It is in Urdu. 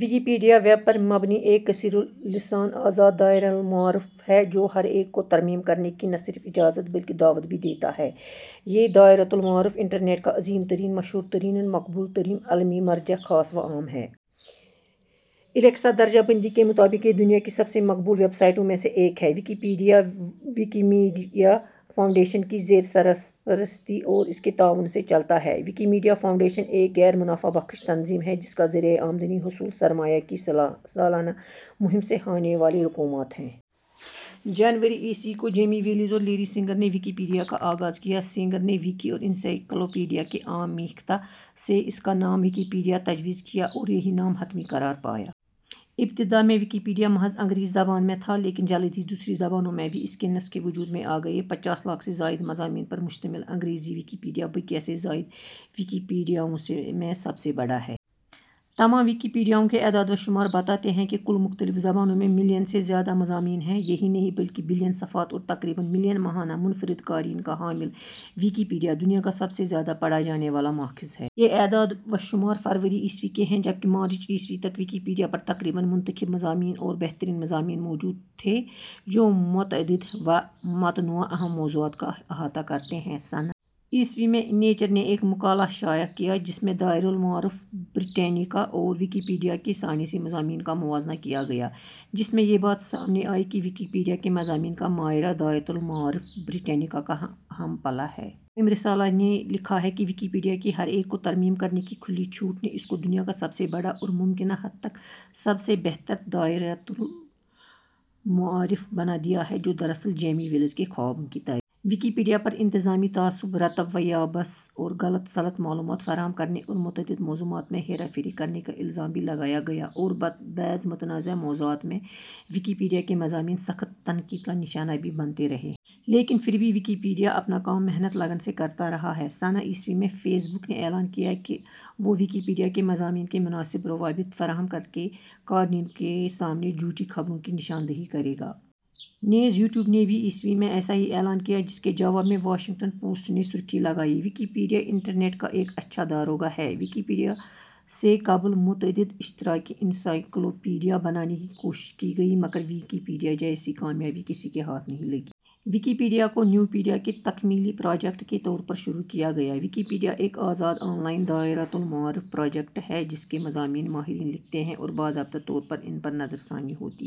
ویکیپیڈیا ویب پر مبنی ایک کثیر اللسان آزاد دائرۃ المعارف ہے جو ہر ایک کو ترمیم کرنے کی نہ صرف اجازت بلکہ دعوت بھی دیتا ہے۔ یہ دائرۃ المعارف انٹرنیٹ کا عظیم ترین، مشہور ترین اور مقبول ترین علمی مرجع خاص و عام ہے۔ الیکسا درجہ بندی کے مطابق یہ دنیا کی سب سے مقبول ویب سائٹوں میں سے ایک ہے۔ ویکیپیڈیا ویکیمیڈیا فاونڈیشن کی زیر سرپرستی اور اس کے تعاون سے چلتا ہے۔ ویکیمیڈیا فاؤنڈیشن ایک غیر منافع بخش تنظیم ہے جس کا ذریعہ آمدنی حصول سرمایہ کی سالانہ مہم سے حاصل ہونے والی رقومات ہیں۔ جنوری ء کو جیمی ویلز اور لیری سینگر نے ویکیپیڈیا کا آغاز کیا۔ سینگر نے ویکی اور انسائیکلوپیڈیا کے آمیختہ سے اس کا نام ویکیپیڈیا تجویز کیا اور یہی نام حتمی قرار پایا۔ ابتدا میں ویکیپیڈیا محض انگریزی زبان میں تھا لیکن جلد ہی دوسری زبانوں میں بھی اس کے نسخے وجود میں آگئے۔ پچاس لاکھ سے زائد مضامین پر مشتمل انگریزی ویکیپیڈیا بقیہ سے زائد ویکیپڈیاؤں میں سب سے بڑا ہے۔ تمام ویکیپیڈیاؤں کے اعداد و شمار بتاتے ہیں کہ کل مختلف زبانوں میں ملین سے زیادہ مضامین ہیں۔ یہی نہیں بلکہ بلین صفحات اور تقریباً ملین ماہانہ منفرد قارئین کا حامل ویکیپیڈیا دنیا کا سب زیادہ پڑھا جانے والا ماخذ ہے۔ یہ اعداد و شمار فروری ء کے ہیں، جبکہ مارچ ء تک ویکیپیڈیا پر تقریباً منتخب مضامین اور بہترین مضامیں موجود تھے جو متعدد و متنوع اہم موضوعات کا احاطہ کرتے ہیں۔ سنہ ء میں نیچر نے ایک مقالہ شائع کیا جس میں دائرۃ المعارف بریٹانیکا اور ویکیپیڈیا کے سائنسی مضامین کا موازنہ کیا گیا، جس میں یہ بات سامنے آئی کہ ویکیپیڈیا کے مضامین کا معیار دائرۃ المعارف بریٹانیکا کا ہم پلہ ہے۔ ٹائم رسالہ نے لکھا کہ ویکیپیڈیا کی ہر ایک کو ترمیم کرنے کی کھلی چھوٹ نے اس کو دنیا کا سب سے بڑا اور ممکنہ حد تک سب سے بہتر دائرۃ المعارف بنا دیا ہے جو دراصل جیمی ویلز کے خوابوں کی تعبیر ہے۔ ویکیپیڈیا پر انتظامی تعصب، رطب و یابس اور غلط سلط معلومات فراہم کرنے اور متعدد موضوعات میں ہیرا پھیری کرنے کا الزام بھی لگایا گیا اور بعض متنازع موضوعات میں ویکیپیڈیا کے مضامین سخت تنقید کا نشانہ بھی بنتے رہے ہیں۔ لیکن پھر بھی ویکیپیڈیا اپنا کام محنت لگن سے کرتا رہا ہے سنہ ء میں فیس بک نے اعلان کیا کہ وہ ویکیپیڈیا کے مضامین کے مناسب روابط فراہم کرکے قارئین کے سامنے جھوٹی خبروں کی نشان دہی کرے گا۔ نیز یوٹیوب نے بھی ء میں ایسا ہی اعلان کیا جس کے جواب میں واشنگٹن پوسٹ نے سرخی لگائی، "ویکیپیڈیا انٹرنیٹ کا ایک اچھا داروغہ" ہے۔ ۔ ویکیپیڈیاسے قبل متعدد اشتراکی انسائکلوپیڈیا بنانے کی کوشش کی گئی مگر ویکیپیڈیا جیسی کامیابی کسی کے ہاتھ نہیں لگی۔ ، ویکیپیڈیا کو نیوپیڈیا کے تکمیلی پراجیکٹ کے طور پر شروع کیا گیا۔ ویکیپیڈیا، ایک آزاد آن لائن دائرۃالمعارف پراجیکٹ ہے جس کے مضامین ماہرین لکھتے ہیں اور باضابطہ طور پر ان پر نظر ثانی ہوتی ہے۔